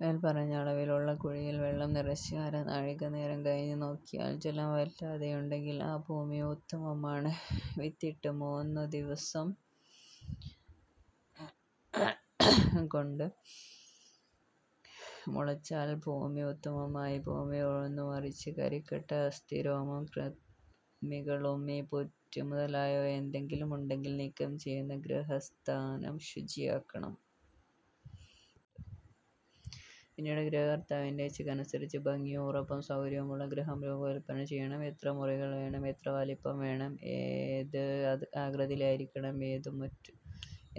മേല്പറഞ്ഞ അളവിൽ ഉള്ള കുഴിയിൽ വെള്ളം നിറച്ച് അരനാഴിക നേരം കഴിഞ്ഞ് നോക്കിയാൽ ജലം വറ്റാതെയുണ്ടെങ്കിൽ ആ ഭൂമി ഉത്തമമാണ്. വിത്തിട്ട് മൂന്നു ദിവസം കൊണ്ട് മുളച്ചാൽ ഭൂമി ഉത്തമമായി. ഭൂമി ഉഴുതു മറിച്ച് കരിക്കട്ട, അസ്ഥി, രോമം, കൃമികൾ, ഉമി, പുറ്റ് മുതലായവ എന്തെങ്കിലും ഉണ്ടെങ്കിൽ നീക്കം ചെയ്ത് ഗൃഹസ്ഥാനം ശുചിയാക്കണം. പിന്നീട് ഗൃഹകർത്താവിന്റെ ഇച്ഛയ്ക്കനുസരിച്ച് ഭംഗിയും ഉറപ്പും സൗകര്യങ്ങളുമുള്ള ഗൃഹം രൂപകല്പന ചെയ്യണം. എത്ര മുറികൾ വേണം, എത്ര വലിപ്പം വേണം, ഏത് ആകൃതിയിലായിരിക്കണം ഏതു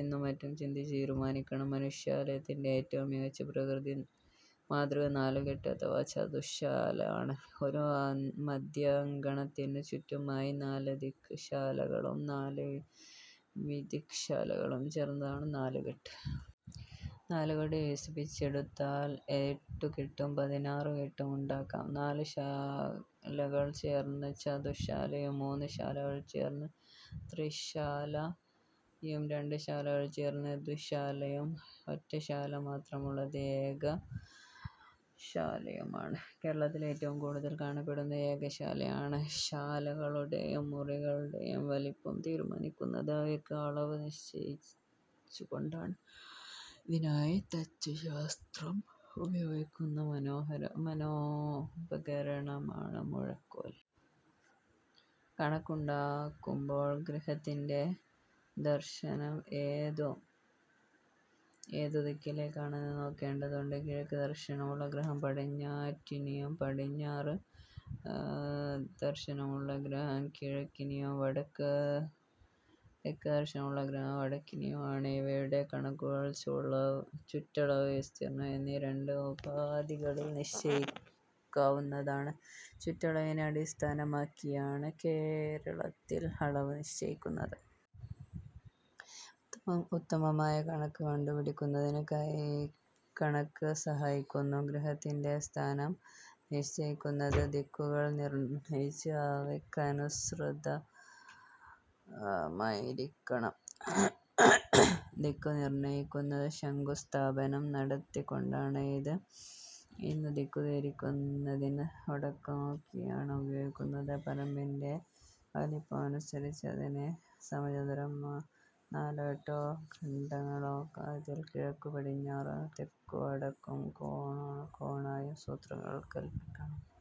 എന്നും മറ്റും ചിന്തിച്ച് തീരുമാനിക്കണം. മനുഷ്യാലയത്തിന്റെ ഏറ്റവും മികച്ച മാതൃക നാലുകെട്ട് അഥവാ ചതുശ്ശാല ആണ്. ഒരു മധ്യാങ്കണത്തിനു ചുറ്റുമായി നാല് ദിക് ശാലകളും നാല് വിദിക് ശാലകളും ചേർന്നതാണ് നാലുകെട്ട്. നാലുകെട്ട് വികസിപ്പിച്ചെടുത്താൽ എട്ടുകെട്ടും പതിനാറുകെട്ടും ഉണ്ടാക്കാം. നാല് ശാലകൾ ചേർന്നത് ചതുശ്ശാലയും മൂന്ന് ശാലകൾ ചേർന്നത് ത്രിശാലയും രണ്ട് ശാലകൾ ചേർന്നത് ദ്വിശാലയും ഒറ്റശാല മാത്രമുള്ളത് ഏകശാലയുമാണ്. കേരളത്തിൽ ഏറ്റവും കൂടുതൽ കാണപ്പെടുന്നത് ഏകശാലയാണ്. ശാലകളുടേയും മുറികളുടേയും വലിപ്പം തീരുമാനിക്കുന്നത് അവയ്ക്ക് അളവ് നിശ്ചയിച്ചുകൊണ്ടാണ്. ഇതിനായി തച്ചുശാസ്ത്രം ഉപയോഗിക്കുന്ന മനോപകരണമാണ് മുഴക്കോൽ. കണക്കുണ്ടാക്കുമ്പോൾ ഗൃഹത്തിന്റെ ദർശനം ഏതു ദിക്കിലേക്കാണെന്ന് നോക്കേണ്ടതുണ്ട്. കിഴക്ക് ദർശനമുള്ള ഗൃഹം പടിഞ്ഞാറ്റിനിയും പടിഞ്ഞാറ് ദർശനമുള്ള ഗൃഹം കിഴക്കിനിയും വടക്ക് ദർശനമുള്ള ഗൃഹം തെക്കിനിയും തെക്ക് ദർശനമുള്ള ഗൃഹം വടക്കിനിയും ആണ്. ഇവയുടെ കണക്കുകൾ ചുറ്റളവ്, വിസ്തീർണം എന്നീ രണ്ട് ഉപാധികളിൽ നിശ്ചയിക്കാവുന്നതാണ്. ചുറ്റളവിനെ അടിസ്ഥാനമാക്കിയാണ് കേരളത്തിൽ അളവ് നിശ്ചയിക്കുന്നത്. ഉത്തമമായ കണക്ക് കണ്ടുപിടിക്കുന്നതിന് കൈക്കണക്ക് സഹായിക്കുന്നു. ഗൃഹത്തിന്റെ സ്ഥാനം നിശ്ചയിക്കുന്നത് ദിക്കുകൾ നിർണയിച്ച് അവയ്ക്കനുസൃതമാക്കിയായിരിക്കണം. ദിക്കു നിർണയിക്കുന്നത് ശങ്കുസ്ഥാപനം നടത്തിക്കൊണ്ടാണ്. ഇന്ന് ദിക്കു തിരിക്കുന്നതിന് വടക്കുനോക്കി യാണ് ഉപയോഗിക്കുന്നത്. പറമ്പിന്റെ വലിപ്പമനുസരിച്ച് അതിനെ സമചതുരമായ നാലോ എട്ടോ ഖണ്ഡങ്ങളാക്കാം. ഇതിൽ കിഴക്കു പടിഞ്ഞാറായും തെക്കുവടക്കായും കോണോടു കോണായും സൂത്രങ്ങൾ കല്പിക്കണം.